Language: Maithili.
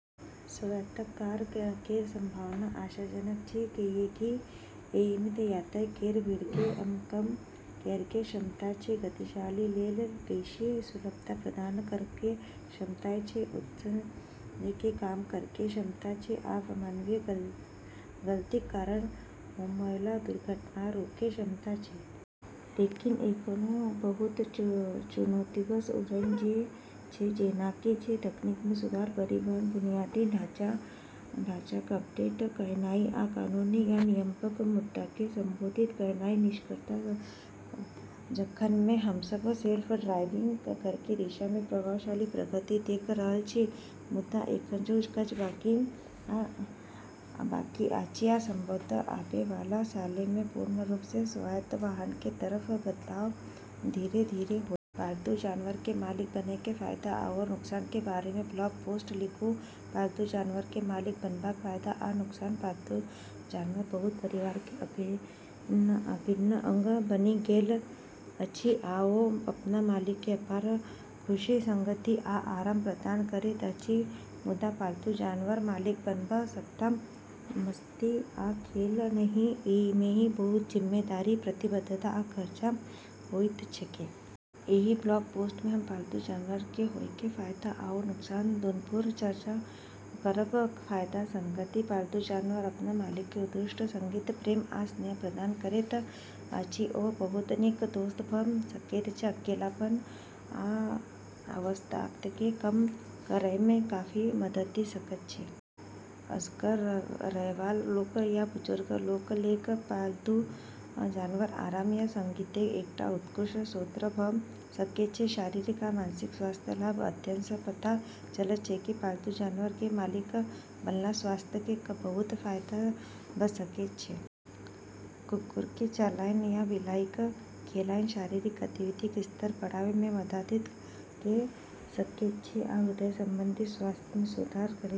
स्वायत्त कार केर संभावना आशाजनक छै, किएकि एहिम यातायात केर भीड़केँ कम करैके क्षमता छै, गतिशीलता लेल बेशी सुलभता प्रदान करयके क्षमता छै, उत्सर्जनकेँ कम करैके क्षमता छै, आ मानवीय गलतीक कारण होमयवला दुर्घटनाकेँ रोकैके क्षमता छै। लेकिन, एखनहु बहुत चुनौतीसँ उबरनाइ छै, जेनाकि तकनीक मे सुधार, परिवहन बुनियादी ढाँचाकेँ अपडेट कयनाइ, आ कानूनी एवं नियामक मुद्दाकेँ संबोधित कयनाइ। निष्कर्षतः, जखन कि हमसभ सेल्फ ड्राइविंग कारके दिशा मे प्रभावशाली प्रगति देख रहल छी, मुदा एखनहु काज बाकी अछि, आ संभवतः आबै वाला सालमे पूर्ण रूप सँ स्वायत्त वाहनके तरफ बदलाव धीरे-धीरे होयत। पालतू जानवरके मालिक बनय के फायदा आओर नुकसान के बारे मे ब्लॉग पोस्ट लिखू पालतू जानवर के मालिक बनबाक फायदा आ नुकसान पालतू जानवर बहुत परिवार के अभिन्न अंग बनि गेल अछि, आ ओ अपन मालिक के अपार खुशी, संगति, आ आराम प्रदान करैत अछि मुदा पालतू जानवरक मालिक बनब सबटा मस्ती आ खेल नहिं; एहिमे बहुत जिम्मेदारी, प्रतिबद्धता, आ खर्चा होइत छैक। एहि ब्लॉग पोस्टमे हम पालतू जानवरके होयके फायदा आओर नुकसान दुनूपर चर्चा करब। फायदा संगति: पालतू जानवर अपन मालिक के उत्कृष्ट संगति, प्रेम, आ स्नेह प्रदान करैत अछि ओ बहुत नीक दोस्त भ' सकैत छै आ अकेलापन आ अवसादकेँ कम करयमे काफी मदति क' सकैत छै। असगर रहयवला लोक या बुजुर्ग लोक लेल पालतू जानवर आराम आ संगतिकेँ एकटा उत्कृष्ट स्रोत भ' सकैत छै। शारीरिक आ मानसिक स्वास्थ्य लाभ: अध्ययन सँ पता चलल छै कि पालतू जानवर केँ मालिक बनलासँ स्वास्थ्यकेँ बहुत फायदा भ सकैत छै। कुकुरकेँ चलनाय वा बिलाइक खेलेनाय शारीरिक गतिविधिक स्तर बढ़ावयमे मदति क' सकैत छै आ हृदय संबंधी स्वास्थ्य मे सुधार क' सकैत छै।